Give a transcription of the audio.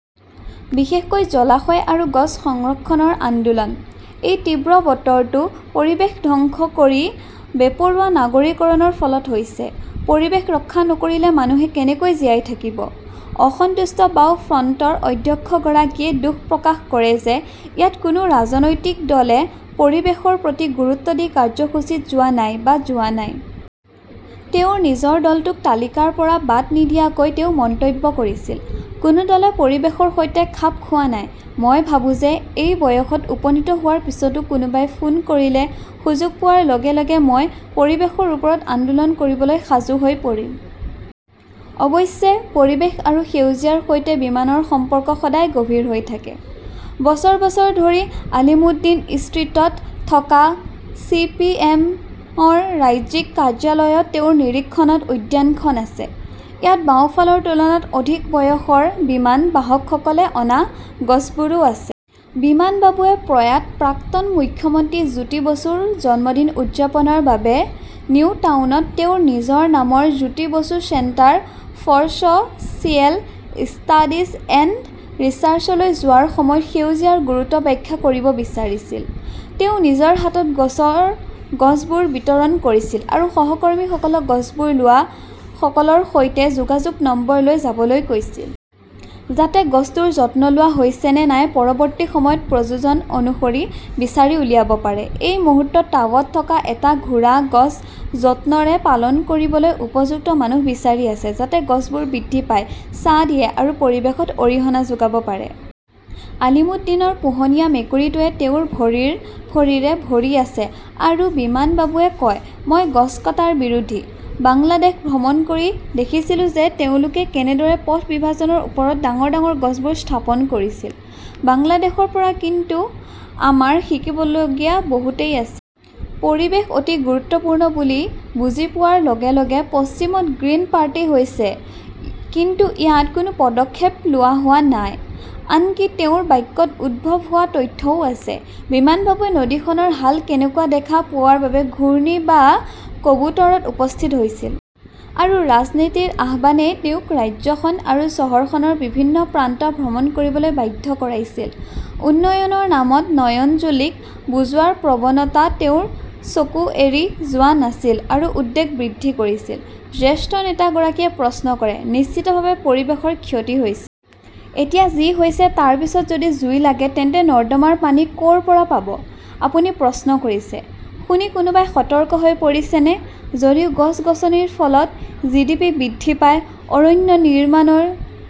বিশেষকৈ জলাশয় আৰু গছ সংৰক্ষণৰ আন্দোলন। এই তীব্ৰ বতৰটো পৰিৱেশ ধ্বংস কৰি বেপৰোৱা নগৰীকৰণৰ ফলত হৈছে। পৰিৱেশ ৰক্ষা নকৰিলে মানুহে কেনেকৈ জীয়াই থাকিব? "অসন্তুষ্ট বাওঁ ফ্ৰণ্টৰ অধ্যক্ষগৰাকীয়ে দুখ প্ৰকাশ কৰে যে ইয়াত কোনো ৰাজনৈতিক দলে পৰিৱেশৰ প্ৰতি গুৰুত্ব দি কাৰ্যসূচীত যোৱা নাই বা যোৱা নাই। তেওঁৰ নিজৰ দলটোক তালিকাৰ পৰা বাদ নিদিয়াকৈ তেওঁ মন্তব্য কৰিছিল, "কোনো দলে পৰিৱেশৰ সৈতে খাপ খোৱা নাই। মই ভাবো যে এই বয়সত উপনীত হোৱাৰ পিছতো কোনোবাই ফোন কৰিলে, সুযোগ পোৱাৰ লগে লগে মই পৰিৱেশৰ ওপৰত আন্দোলন কৰিবলৈ সাজু হৈ পৰিম! "অৱশ্যে, পৰিৱেশ আৰু সেউজীয়াৰ সৈতে বিমানৰ সম্পৰ্ক সদায় গভীৰ হৈ থাকে। বছৰ বছৰ ধৰি আলিমুদ্দিন ষ্ট্ৰীটত থকা চি. পি. এম. -ৰ ৰাজ্যিক কাৰ্যালয়ত তেওঁৰ নিৰীক্ষণত উদ্যানখন আছে। ইয়াত বাওঁফালৰ তুলনাত অধিক বয়সৰ বিমান বাহকসকলে অনা গছবোৰো আছে! বিমানবাবুৱে প্ৰয়াত প্ৰাক্তন মুখ্যমন্ত্ৰী জ্যোতি বসুৰ জন্মদিন উদযাপনৰ বাবে নিউটাউনত তেওঁৰ নিজৰ নামৰ Jyoti Basu centre for so "serial studies and ৰিচাৰ্চলৈ যোৱাৰ সময়ত সেউজীয়াৰ গুৰুত্ব ব্যাখ্যা কৰিব বিচাৰিছিল। তেওঁ নিজৰ হাতত গছৰ গছবোৰ বিতৰণ কৰিছিল আৰু সহকৰ্মীসকলক গছবোৰ লোৱা লোকসকলৰ সৈতে যোগাযোগৰ নম্বৰবোৰ লৈ যাবলৈ কৈছিল। যাতে গছটোৰ যত্ন লোৱা হৈছে নে নাই পৰৱৰ্তী সময়ত প্ৰয়োজন অনুসৰি বিচাৰি উলিয়াব পাৰি। এই মুহূৰ্তত টাবত থকা এটা ঘোঁৰা গছ যত্নৰে পালন কৰিবলৈ উপযুক্ত মানুহ বিচাৰি আছে। যাতে গছবোৰ বৃদ্ধি পায়, ছাঁ দিয়ে আৰু পৰিৱেশত অৰিহণা যোগাব পাৰে। আলিমুদ্দিনৰ পোহনীয়া মেকুৰীটোৱে তেওঁৰ ভৰিৰ ভৰিৰে ভৰি আছে আৰু বিমানবাবুৱে কয়, "মই গছ কটাৰ বিৰোধী। বাংলাদেশ ভ্ৰমণ কৰি দেখিছিল যে তেওঁলোকে কেনেদৰে পথ বিভাজনৰ ওপৰত ডাঙৰ ডাঙৰ গছবোৰ স্থাপন কৰিছিল। বাংলাদেশৰ পৰা কিন্তু আমাৰ শিকিবলৈ বহুত আছে। "পৰিৱেশ অতি গুৰুত্বপূৰ্ণ বুলি বুজি পোৱাৰ লগে লগে পশ্চিমত গ্ৰীণ পাৰ্টি হৈছে কিন্তু ইয়াত কোনো পদক্ষেপ লোৱা হোৱা নাই, আনকি তেওঁৰ বাক্যত উদ্ভৱ হোৱা তথ্যও আছে। বিমানবাবুৱে নদীখনৰ হাল কেনেকুৱা দেখা পোৱাৰ বাবে ঘূৰ্ণী বা কবুতৰত উপস্থিত হৈছিল। আৰু ৰাজনীতিৰ আহ্বানই তেওঁক ৰাজ্যখন আৰু চহৰখনৰ বিভিন্ন প্ৰান্ত ভ্ৰমণ কৰিবলৈ বাধ্য কৰাইছিল। উন্নয়নৰ নামত নয়নজুলীক বুজোৱাৰ প্ৰৱণতা তেওঁৰ চকু এৰি যোৱা নাছিল আৰু উদ্বেগ বৃদ্ধি কৰিছিল। জ্যেষ্ঠ নেতা গৰাকীয়ে প্ৰশ্ন কৰে, "নিশ্চিতভাৱে পৰিৱেশৰ ক্ষতি হৈছে। এতিয়া যি হৈছে, তাৰ পিছত যদি জুই লাগে তেন্তে নৰ্দমাৰ পানী ক "ৰ পৰা পাব? "আপুনি প্ৰশ্ন কৰিছে। শুনি কোনোবাই সতৰ্ক হৈ পৰিছেনে? যদিও গছ-গছনিৰ ফলত জিডিপি বৃদ্ধি পায়, অৰণ্য নিৰ্মাণৰ